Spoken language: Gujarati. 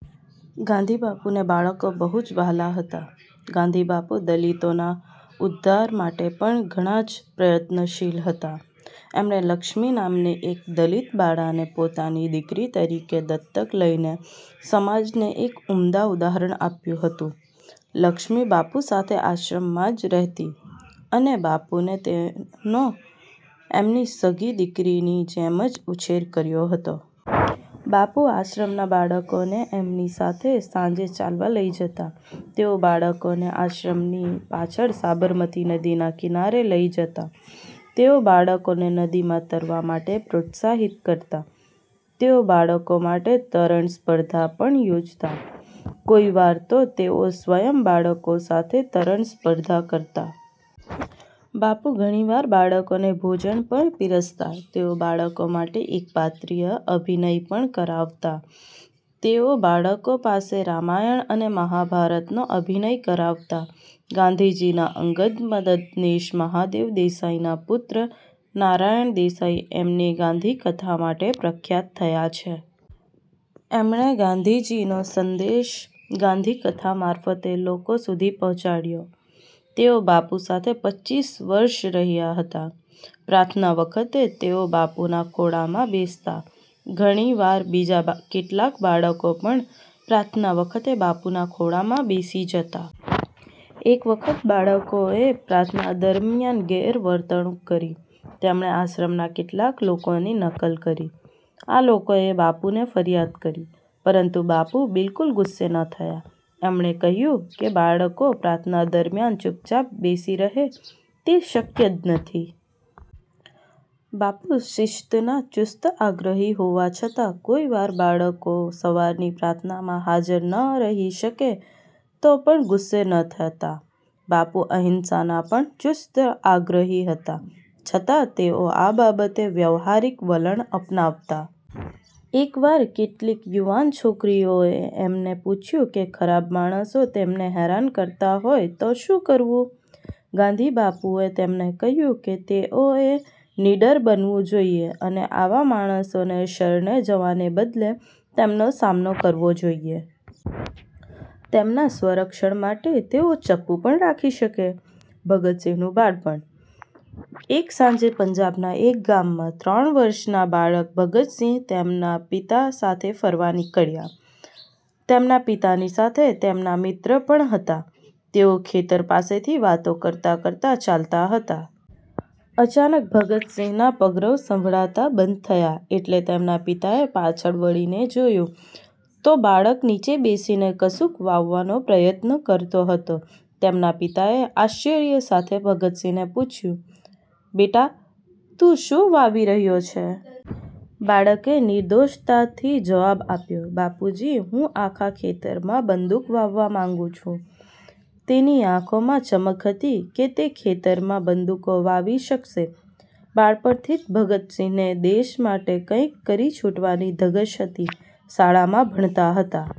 ગાંધીબાપુને બાળકો બહુ જ વહાલાં હતા. ગાંધીબાપુ દલિતોના ઉદ્ધાર માટે પણ ઘણા જ પ્રયત્નશીલ હતા. એમણે લક્ષ્મી નામની એક દલિત બાળાને પોતાની દીકરી તરીકે દત્તક લઇને સમાજને એક ઉમદા ઉદાહરણ આપ્યું હતું. લક્ષ્મી બાપુ સાથે આશ્રમમાં જ રહેતી, અને બાપુએ તેનો એમની સગી દીકરીની જેમ જ ઉછેર કર્યો હતો. બાપુ આશ્રમના બાળકોને એમની સાથે સાંજે ચાલવા લઇ જતા. તેઓ બાળકોને આશ્રમની પાછળ સાબરમતી નદીના કિનારે લઇ જતા. તેઓ બાળકોને નદીમાં તરવા માટે પ્રોત્સાહિત કરતા. તેઓ બાળકો માટે તરણ સ્પર્ધા પણ યોજતા. કોઈ વાર તો તેઓ સ્વયં બાળકો સાથે તરણ સ્પર્ધા કરતા. બાપુ ઘણી વાર બાળકોને ભોજન પણ પીરસતા. તેઓ બાળકો માટે એકપાત્રીય અભિનય પણ કરાવતા. તેઓ બાળકો પાસે રામાયણ અને મહાભારતનો અભિનય કરાવતા. ગાંધીજીના અંગત મદદનીશ મહાદેવ દેસાઈના પુત્ર નારાયણ દેસાઈ એમની ગાંધી કથા માટે પ્રખ્યાત થયા છે. એમણે ગાંધીજીનો સંદેશ "ગાંધીકથા" મારફતે લોકો સુધી પહોંચાડયો. તેઓ બાપુ સાથે પચ્ચીસ વર્ષ રહ્યા હતા. પ્રાર્થના વખતે તેઓ બાપુના ખોળામાં બેસતા. ઘણી વાર બીજા કેટલાક બાળકો પણ પ્રાર્થના વખતે બાપુના ખોળામાં બેસી જતા. એક વખત બાળકોએ પ્રાર્થના દરમ્યાન ગેરવર્તણુંક કરી. તેમણે આશ્રમના કેટલાક લોકોની નકલ કરી. આ લોકોએ બાપુને ફરિયાદ કરી, પરંતુ બાપુ બિલકુલ ગુસ્સે ન થયા. એમણે કહ્યું કે બાળકો પ્રાર્થના દરમ્યાન ચૂપચાપ બેસી રહે તે શક્ય જ નથી. બાપુ શિસ્તના ચુસ્ત આગ્રહી હોવા છતાં કોઈ વાર બાળકો સવારની પ્રાર્થનામાં હાજર ન રહી શકે તો પણ ગુસ્સે ન થતા. બાપુ અહિંસાના પણ ચુસ્ત આગ્રહી હતા, છતાં તેઓ આ બાબતે વ્યાવહારિક વલણ અપનાવતા. એક વાર કેટલીક યુવાન છોકરીઓએ એમને પૂછ્યું કે ખરાબ માણસો તેમને હેરાન કરતા હોય તો શું કરવું? ગાંધીબાપુએ તેમને કહ્યું કે તેઓએ નીડર બનવું જોઈએ અને આવા માણસોને શરણે જવાને બદલે તેમનો સામનો કરવો જોઈએ. તેમના સ્વરક્ષણ માટે તેઓ ચપ્પુ પણ રાખી શકે! ભગતસિંહનું બાળપણ: એક સાંજે પંજાબના એક ગામમાં ત્રણ વર્ષના બાળક ભગતસિંહ તેમના પિતા સાથે ફરવા નીકળ્યા. તેમના પિતાની સાથે તેમના મિત્ર પણ હતા. તેઓ ખેતર પાસેથી વાતો કરતા-કરતા ચાલતા હતા. અચાનક ભગતસિંહના પગરવ સંભળાતા બંધ થયા એટલે તેમના પિતાએ પાછળ વળીને જોયું, તો બાળક નીચે બેસીને કશુંક વાવવાનો પ્રયત્ન કરતો હતો. તેમના પિતાએ આશ્ચર્ય સાથે ભગતસિંહને પૂછ્યું, "બેટા, તું શું વાવી રહ્યો છે?" બાળકે નિર્દોષતાથી જવાબ આપ્યો, "બાપુજી, હું આખા ખેતરમાં બંદૂક વાવવા માંગુ છું." તેની આંખોમાં ચમક હતી કે તે ખેતરમાં બંદૂકો વાવી શકશે. બાળપણથી જ ભગતસિંહને દેશ માટે કાઇંક કરી છૂટવાની ધગશ હતી. શાળામાં ભણતા હતા